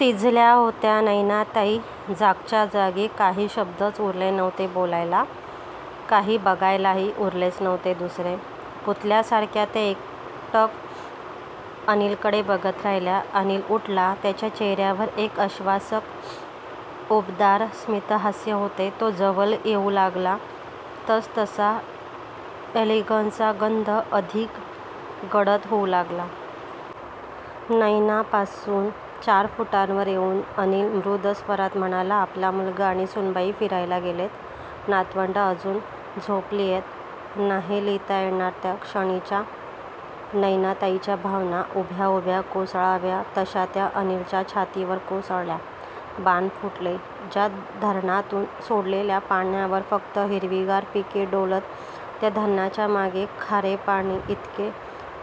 थिजल्या होत्या नयनाताई! जागच्याजागी! काही शब्दच उरले नव्हते बोलायला. काही बघायलाही उरलेच नव्हते दुसरे! पुतळ्यासारख्या त्या एकटक अनिलकडे बघत राहिल्या. अनिल उठला. त्याच्या चेहर्यावर एक आश्वासक उबदार स्मितहास्य होते. तो जवळ येऊ लागला तसतसा 'एलिगन्स'चा गंध अधिक गडद होऊ लागला. नयनापासून चार फुटांवर येऊन अनिल मृदू स्वरात म्हणाला"आपला मुलगा आणि सूनबाई फिरायला गेलेत. नातवंडं अजून झोपलीयत"नाही लिहिता येणार त्या क्षणीच्या नयनाताईंच्या भावना! उभ्या उभ्या कोसळावे तश्या त्या अनिलच्या छातीवर कोसळल्या. बांध फुटले. ज्या धरणातून सोडलेल्या पाण्यावर फक्त हिरवीगार पिके डोलत त्या धरणाच्या मागचे खारे पाणी इतके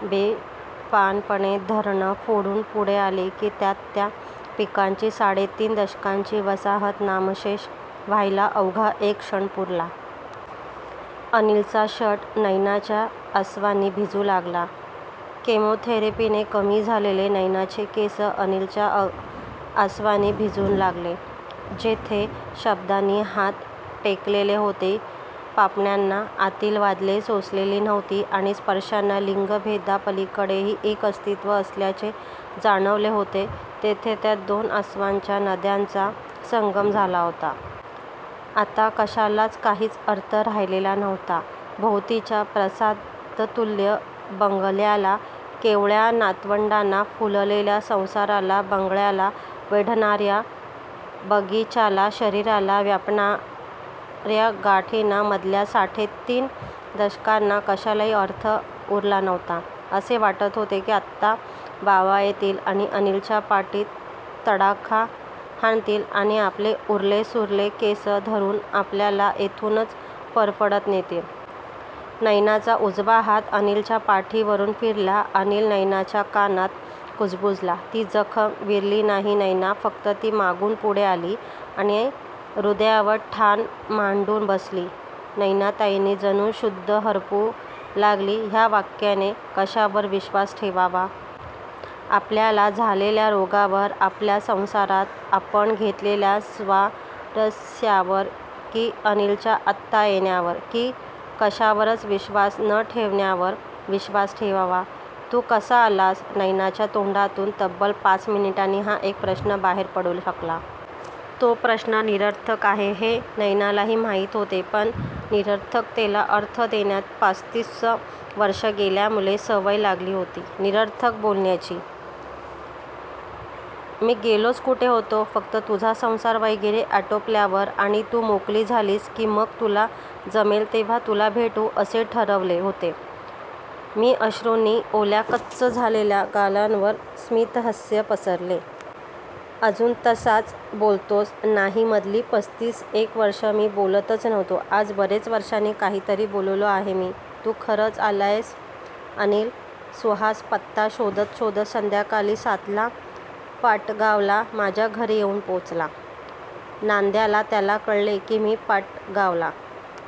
बेफामपणे धरण फोडून पुढे आले की त्यात त्या पिकांची साडे तीन दशकांची वसाहत नामशेष व्हायला अवघा एक क्षण पुरला. अनिलचा शर्ट नयनाच्या आसवांनी भिजू लागला. केमोथेरपीने कमी झालेले नयनाचे केस अनिलच्या आसवांनी भिजू लागले. जेथे शब्दांनी हात टेकलेले होते, पापण्यांना आतील वादळे सोसलेली नव्हती आणि स्पर्शांना लिंगभेदापलीकडेही एक अस्तित्व असल्याचे जाणवले होते तेथे त्या दोन आसवांच्या नद्यांचा संगम झाला होता. आता कशालाच काहीच अर्थ राहिलेला नव्हता. भोवतीच्या प्रासादतूल्य बंगल्याला, कोवळ्या नातवंडांना, फुललेल्या संसाराला, बंगल्याला वेढणार्या बगीच्याला, शरीराला व्यापणार्या गाठींना, मधल्या साडे तीन दशकांना! कशालाही अर्थ उरला नव्हता. असे वाटत होते की आत्ता बाबा येतील आणि अनिलच्या पाठीत तडाखा हाणतील आणि आपले उरले सुरले केस धरून आपल्याला येथूनही फरफटत नेतील. नयनाचा उजवा हात अनिलच्या पाठीवरून फिरला. अनिल नयनाच्या कानात कुजबुजला. "ती जखम विरली नाही नयना, फक्त ती मागून पुढे आली आणि हृदयावर ठाण मांडून बसली"नयनाताईंची जणू शुद्ध हरपू लागली ह्या वाक्याने! कशावर विश्वास ठेवावा? आपल्याला झालेल्या रोगावर? आपल्या संसारात आपण घेतलेल्या स्वारस्यावर? की अनिलच्या आत्ता येण्यावर? की कशावरच विश्वास न ठेवण्यावर विश्वास ठेवावा? "तू कसा आलास? "नयनाच्या तोंडातून तब्बल पाच मिनिटांनी हा एकच प्रश्न बाहेर पडू शकला. तो प्रश्न निरर्थक आहे हे नयनालाही माहीत होते, पण निरर्थकतेला अर्थ देण्यात पस्तीस वर्षे गेल्यामुळे सवय लागली होती निरर्थक बोलण्याची! "मी गेलोच कुठे होतो? फक्त तुझा संसार वगैरे आटोपल्यावर आणि तू मोकळी झालीस की मग तुला जमेल तेव्हा तुला भेटू असे ठरवले होते मी"अश्रूंनी ओल्या कच्च झालेल्या गालांवर स्मितहास्य पसरले. "अजून तसाच बोलतोस? ""नाही, मधली पस्तीस एक वर्षे मी बोलतच नव्हतो, आज बरेच वर्षांनी काहीतरी बोललो आहे मी""तू खरंच आलायस अनिल? ""सुहास पत्ता शोधत शोधत संध्याकाळी सातला पाटगावला माझ्या घरी येऊन पोचला. नांद्याला त्याला कळले की मी पाटगावला